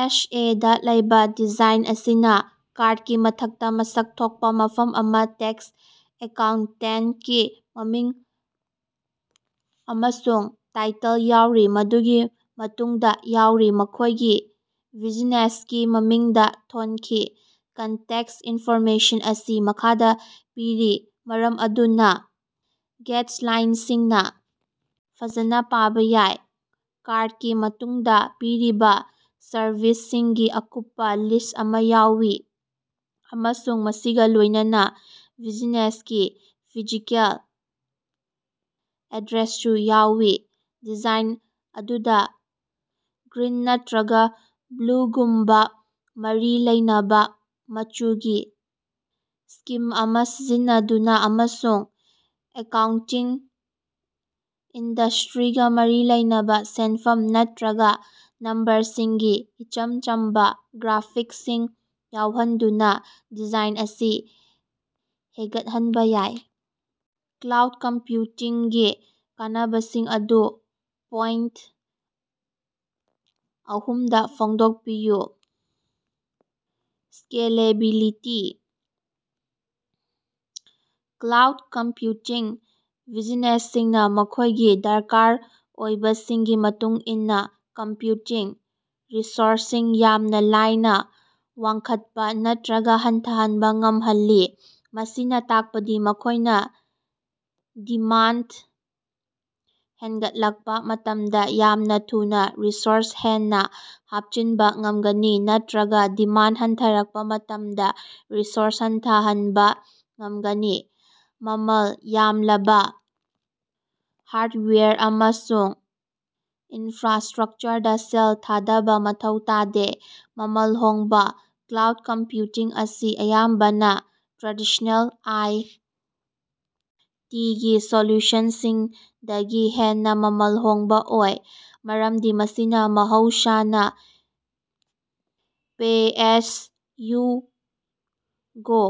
ꯑꯦꯁ. A. ꯗꯥ ꯂꯩꯕ design ꯑꯁꯤꯅ ꯀꯥꯔꯗꯀꯤ ꯃꯊꯛꯇ ꯃꯁꯛ ꯊꯣꯛꯄꯥ ꯃꯐꯝ ꯑꯃ ꯇꯦꯛꯁ ꯑꯦꯀꯥꯎꯟꯇꯦꯟꯇꯀꯤ ꯃꯃꯤꯡ ꯑꯃꯁꯨꯡ ꯇꯥꯏꯇꯜ ꯌꯥꯎꯔꯤ, ꯃꯗꯨꯒꯤ ꯃꯇꯨꯡꯗ ꯌꯥꯎꯔꯤ꯫ ꯃꯈꯣꯏꯒꯤ ꯕꯤꯖꯤꯅꯦꯁꯀꯤ ꯃꯃꯤꯡꯗꯥ ꯊꯣꯟꯈꯤ꯫ ꯀꯟꯇꯦꯛꯇ ꯏꯟꯐꯣꯔꯃꯦꯁꯟ ꯑꯁꯤ ꯃꯈꯥꯗ ꯄꯤꯔꯤ ꯃꯔꯝ ꯑꯗꯨꯅ ꯒꯦꯏꯇꯂꯥꯏꯟꯇꯁꯤꯡꯅ ꯐꯖꯅ ꯄꯥꯕ ꯌꯥꯏ꯫ ꯀꯥꯔꯗꯀꯤ ꯃꯇꯨꯡꯗꯥ ꯄꯤꯔꯤꯕ ꯁꯔꯚꯤꯁꯁꯤꯡꯒꯤ ꯑꯀꯨꯞꯄꯥ ꯂꯤꯁ ꯑꯃ ꯌꯥꯎꯏ, ꯑꯃꯁꯨꯡ ꯃꯁꯤꯒꯥ ꯂꯣꯏꯅꯅꯥ ꯕꯤꯖꯤꯅꯦꯁꯀꯤ ꯐꯤꯖꯤꯀꯦꯜ ꯑꯦꯗ꯭ꯔꯦꯁꯁꯨ ꯌꯥꯎꯏ꯫ ꯗꯤꯖꯥꯏꯟ ꯑꯗꯨꯗ ꯒ꯭ꯔꯤꯟ ꯅꯠꯇꯔꯒ ꯕ꯭ꯂꯨꯒꯨꯝꯕꯥ ꯃꯔꯤ ꯂꯩꯅꯕꯥ ꯃꯆꯨꯒꯤ ꯁ꯭ꯀꯤꯝ ꯑꯃꯥ ꯁꯤꯖꯤꯟꯅꯗꯨꯅꯥ, ꯑꯃꯁꯨꯡ ꯑꯦꯀꯥꯎꯟꯇꯤꯡ ꯏꯟꯗꯁ꯭ꯇꯔꯤꯒꯥ ꯃꯔꯤ ꯂꯩꯅꯕ ꯁꯦꯟꯐꯝ ꯅꯠꯇꯔꯒ ꯅꯝꯕꯔꯁꯤꯡꯒꯤ ꯏꯆꯝ ꯆꯝꯕꯥ ꯒ꯭ꯔꯥꯐꯤꯛꯁꯁꯤꯡ ꯌꯥꯎꯍꯟꯗꯨꯅꯥ ꯗꯤꯖꯥꯏꯟ ꯑꯁꯤ ꯍꯦꯒꯠꯍꯟꯕꯥ ꯌꯥꯏ꯫। ꯀ꯭ꯂꯥꯎꯗ ꯀꯝꯄꯌꯨꯇꯤꯡꯒꯤ ꯀꯥꯟꯅꯕꯁꯤꯡ ꯑꯗꯨ ꯄꯣꯏꯟꯇ ꯑꯍꯨꯝꯗꯥ ꯐꯣꯡꯗꯣꯛꯄꯤꯌꯨ꯫ ꯁ꯭ꯀꯦꯂꯦꯕꯤꯂꯤꯇꯤ: ꯀ꯭ꯂꯥꯎꯗ ꯀꯝꯄꯌꯨꯇꯤꯡꯅ ꯕꯤꯖꯤꯅꯦꯁꯁꯤꯡꯅ ꯃꯈꯣꯏꯒꯤ ꯗꯔꯀꯥꯔ ꯑꯣꯏꯕꯁꯤꯡꯒꯤ ꯃꯇꯨꯡ ꯏꯟꯅꯥ ꯀꯝꯄꯌꯨꯇꯤꯡ ꯔꯤꯁꯣꯔꯁꯁꯤꯡ ꯌꯥꯝꯅ ꯂꯥꯏꯅ ꯋꯥꯡꯈꯠꯄꯥ ꯅꯠꯇꯔꯒ ꯍꯟꯊꯍꯟꯕꯥ ꯉꯝꯍꯜꯂꯤ꯫ ꯃꯁꯤꯅ ꯇꯥꯛꯄꯗꯤ ꯃꯈꯣꯏꯅꯥ ꯗꯤꯃꯥꯟꯗ ꯍꯦꯒꯠꯂꯛꯄꯥ ꯃꯇꯝꯗ ꯌꯥꯝꯅ ꯊꯨꯅꯥ ꯔꯤꯁꯣꯔꯁ ꯍꯦꯟꯅꯥ ꯍꯥꯞꯆꯤꯟꯕ ꯉꯝꯒꯅꯤ, ꯅꯠꯇꯔꯒ ꯗꯤꯃꯥꯟꯗ ꯍꯟꯊꯔꯛꯄꯥ ꯃꯇꯝꯗ ꯔꯤꯁꯣꯔꯁ ꯍꯟꯊꯍꯟꯕꯥ ꯉꯝꯒꯅꯤ, ꯃꯃꯜ ꯌꯥꯝꯂꯕ ꯍꯥꯔꯗꯋꯦꯌꯔ ꯑꯃꯁꯨꯡ ꯏꯟꯐ꯭ꯔꯥꯁ꯭ꯇꯔꯛꯆꯔꯗꯥ ꯁꯦꯜ ꯊꯥꯗꯕ ꯃꯊꯧ ꯇꯥꯗꯦ꯫ ꯃꯃꯜ ꯍꯣꯡꯕꯥ: ꯀ꯭ꯂꯥꯎꯗ ꯀꯝꯄꯌꯨꯇꯤꯡ ꯑꯁꯤ ꯑꯌꯥꯝꯕꯅ ꯇ꯭ꯔꯦꯗꯤꯁ꯭ꯅꯦꯜ ꯑꯥꯏ. ꯇꯤ. ꯒꯤ ꯁꯣꯂꯨꯁꯟꯁꯤꯡꯗꯒꯤ ꯍꯦꯟꯅꯥ ꯃꯃꯜ ꯍꯣꯡꯕꯥ ꯑꯣꯏ, ꯃꯔꯝꯗꯤ ꯃꯁꯤꯅꯥ ꯃꯍꯧꯁꯥꯅ ꯄꯦ-ꯑꯦꯖ-ꯌꯨ-ꯒꯣ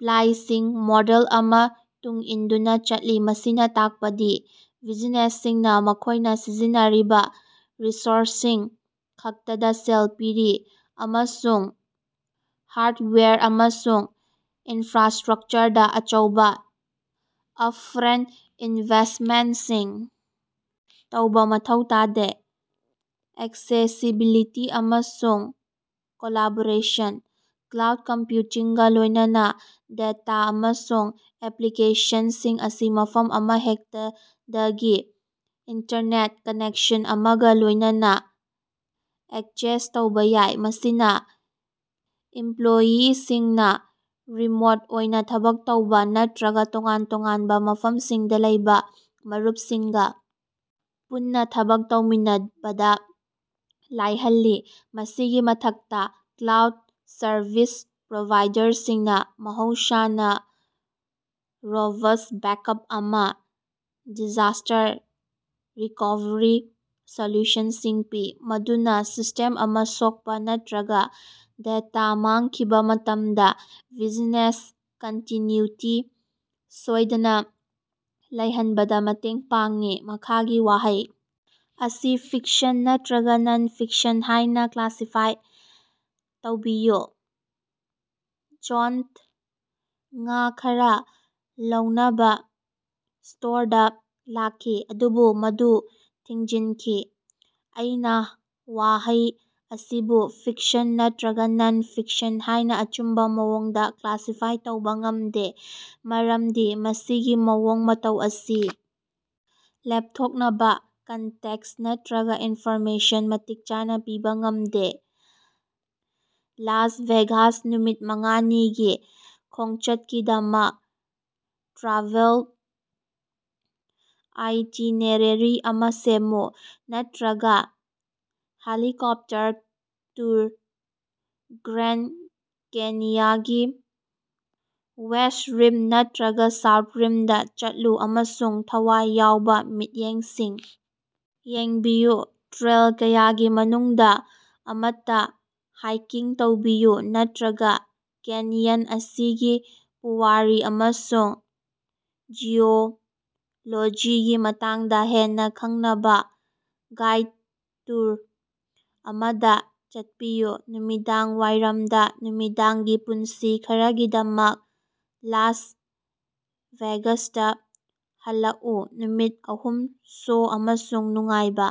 ꯄ꯭ꯔꯥꯏꯁꯤꯡ ꯃꯣꯗꯦꯜ ꯑꯃ ꯇꯨꯡ ꯏꯟꯗꯨꯅꯥ ꯆꯠꯂꯤ꯫ ꯃꯁꯤꯅ ꯇꯥꯛꯄꯗꯤ ꯕꯤꯖꯤꯅꯦꯁꯁꯤꯡꯅꯥ ꯃꯈꯣꯏꯅꯥ ꯁꯤꯖꯤꯟꯅꯔꯤꯕ ꯔꯤꯁꯣꯔꯁꯁꯤꯡ ꯈꯛꯇꯗꯥ ꯁꯦꯜ ꯄꯤꯔꯤ, ꯑꯃꯁꯨꯡ ꯍꯥꯔꯗꯋꯦꯌꯔ ꯑꯃꯁꯨꯡ ꯏꯟꯐ꯭ꯔꯥꯁ꯭ꯇꯔꯛꯆꯔꯗꯥ ꯑꯆꯧꯕ ꯑꯞꯐ꯭ꯔꯟꯇ ꯏꯟꯚꯦꯁꯃꯦꯟꯇꯁꯤꯡ ꯇꯧꯕ ꯃꯊꯧ ꯇꯥꯗꯦ꯫ ꯑꯦꯛꯁꯦꯁꯤꯕꯤꯂꯤꯇꯤ ꯑꯃꯁꯨꯡ ꯀꯣꯂꯥꯕꯣꯔꯦꯁꯟ: ꯀ꯭ꯂꯥꯎꯗ ꯀꯝꯄꯌꯨꯇꯤꯡꯒꯥ ꯂꯣꯏꯅꯅꯥ, ꯗꯇꯥ ꯑꯃꯁꯨꯡ ꯑꯦꯄꯂꯤꯀꯦꯁꯟꯁꯤꯡ ꯑꯁꯤ ꯃꯐꯝ ꯑꯃꯍꯦꯛꯇꯗꯒꯤ ꯏꯟꯇꯔꯅꯦꯠ ꯀꯅꯦꯛꯁꯟ ꯑꯃꯒ ꯂꯣꯏꯅꯅꯥ ꯑꯦꯛꯆꯦꯁ ꯇꯧꯕ ꯌꯥꯏ꯫ ꯃꯁꯤꯅꯥ ꯏꯝꯄꯂꯣꯌꯤꯁꯤꯡꯅꯥ ꯔꯤꯃꯣꯠ ꯑꯣꯏꯅ ꯊꯕꯛ ꯇꯧꯕ ꯅꯠꯇꯔꯒ ꯇꯣꯉꯥꯟ-ꯇꯣꯉꯥꯟꯕ ꯃꯐꯝꯁꯤꯡꯗ ꯂꯩꯕ ꯃꯔꯨꯞꯁꯤꯡꯒ ꯄꯨꯟꯅꯥ ꯊꯕꯛ ꯇꯧꯃꯤꯟꯅꯕꯗꯥ ꯂꯥꯏꯍꯜꯂꯤ꯫ ꯃꯁꯤꯒꯤ ꯃꯊꯛꯇ, ꯀ꯭ꯂꯥꯎꯗ ꯁꯔꯚꯤꯁ ꯄ꯭ꯔꯣꯚꯥꯏꯗꯔꯁꯤꯡꯅ ꯃꯍꯧꯁꯥꯅ ꯔꯣꯕꯁ ꯕꯦꯛꯑꯞ ꯑꯃ ꯗꯤꯖꯥꯁ꯭ꯇꯔ ꯔꯤꯀꯣꯚꯔꯤ ꯁꯣꯂꯨꯁꯟꯁꯤꯡ ꯄꯤ, ꯃꯗꯨꯅꯥ ꯁꯤꯁ꯭ꯇꯦꯝ ꯑꯃ ꯁꯣꯛꯄ ꯅꯠꯇꯔꯒ ꯗꯇꯥ ꯃꯥꯡꯈꯤꯕꯥ ꯃꯇꯝꯗꯥ ꯕꯤꯖꯤꯅꯦꯁ ꯀꯟꯇꯤꯅꯌꯨꯇꯤ ꯁꯣꯏꯗꯅ ꯂꯩꯍꯟꯕꯗ ꯃꯇꯦꯡ ꯄꯥꯡꯏ꯫ ꯃꯈꯥꯒꯤ ꯋꯥꯍꯩ ꯑꯁꯤ ꯐꯤꯛꯁꯟ ꯅꯠꯇꯔꯒ ꯅꯟ-ꯐꯤꯛꯁꯟ ꯍꯥꯏꯅ ꯀ꯭ꯂꯥꯁꯤꯐꯥꯏ ꯇꯧꯕꯤꯌꯨ: ꯖꯣꯟꯗ ꯉꯥ ꯈꯔꯥ ꯂꯧꯅꯕ ꯁ꯭ꯇꯣꯔꯗꯥ ꯂꯥꯛꯈꯤ, ꯑꯗꯨꯕꯨ ꯃꯗꯨ ꯊꯤꯡꯖꯤꯟꯈꯤ꯫ ꯑꯩꯅ ꯋꯥꯍꯩ ꯑꯁꯤꯕꯨ ꯐꯤꯛꯁꯟ ꯅꯠꯇꯔꯒ ꯅꯟ-ꯐꯤꯛꯁꯟ ꯍꯥꯏꯅ ꯑꯆꯨꯝꯕ ꯃꯑꯣꯡꯗ ꯀ꯭ꯂꯥꯁꯤꯐꯥꯏ ꯇꯧꯕ ꯉꯝꯗꯦ ꯃꯔꯝꯗꯤ ꯃꯁꯤꯒꯤ ꯃꯑꯣꯡ ꯃꯇꯧ ꯑꯁꯤ ꯂꯦꯞꯊꯣꯛꯅꯕ ꯀꯟꯇꯦꯛꯁ ꯅꯠꯇꯔꯒ ꯏꯟꯐꯣꯔꯃꯦꯁꯟ ꯃꯇꯤꯛ ꯆꯥꯅ ꯄꯤꯕ ꯉꯝꯗꯦ꯫ ꯂꯥꯁ ꯚꯦꯒꯥꯁ ꯅꯨꯃꯤꯠ ꯃꯉꯥ ꯅꯤꯒꯤ ꯈꯣꯡꯆꯠꯀꯤꯗꯃꯛ ꯇ꯭ꯔꯥꯚꯦꯜ ꯑꯥꯏꯇꯤꯅꯦꯔꯦꯔꯤ ꯑꯃ ꯁꯦꯝꯃꯨ꯫ ꯅꯠꯇꯔꯒ ꯍꯦꯂꯤꯀꯣꯞꯇꯔ ꯇꯨꯔ ꯒ꯭ꯔꯦꯟꯗ ꯀꯦꯅꯤꯌꯒꯤ ꯋꯦꯁ꯭ꯠ ꯔꯤꯝ ꯅꯠꯇꯔꯒ ꯁꯥꯎ ꯔꯤꯝꯗꯥ ꯆꯠꯂꯨ ꯑꯃꯁꯨꯡ ꯊꯋꯥꯏ ꯌꯥꯎꯕ ꯃꯤꯠꯌꯦꯡꯁꯤꯡ ꯌꯦꯡꯕꯤꯌꯨ ꯇ꯭ꯔꯦꯜ ꯀꯌꯥꯒꯤ ꯃꯅꯨꯡꯗꯥ ꯑꯃꯇꯥ ꯍꯥꯏꯀꯤꯡ ꯇꯧꯕꯤꯌꯨ, ꯅꯠꯇꯔꯒ ꯀꯦꯅꯤꯌꯟ ꯑꯁꯤꯒꯤ ꯄꯨꯋꯥꯔꯤ ꯑꯃꯁꯨꯡ ꯖꯤꯑꯣꯂꯣꯖꯤꯒꯤ ꯃꯇꯥꯡꯗ ꯍꯦꯟꯅꯥ ꯈꯪꯅꯕꯥ ꯒꯥꯏꯗ ꯇꯨꯔ ꯑꯃꯗꯥ ꯆꯠꯄꯤꯌꯨ ꯅꯨꯃꯤꯗꯥꯡ ꯋꯥꯏꯔꯝꯗ ꯅꯨꯃꯤꯗꯥꯡꯒꯤ ꯄꯨꯟꯁꯤ ꯈꯔꯒꯤꯗꯃꯛ ꯂꯥꯁ ꯚꯦꯒꯥꯁꯇ ꯍꯜꯂꯛꯎ ꯅꯨꯃꯤꯠ ꯑꯍꯨꯝ ꯁꯣ ꯑꯃꯁꯨꯡ ꯅꯨꯡꯉꯥꯏꯕ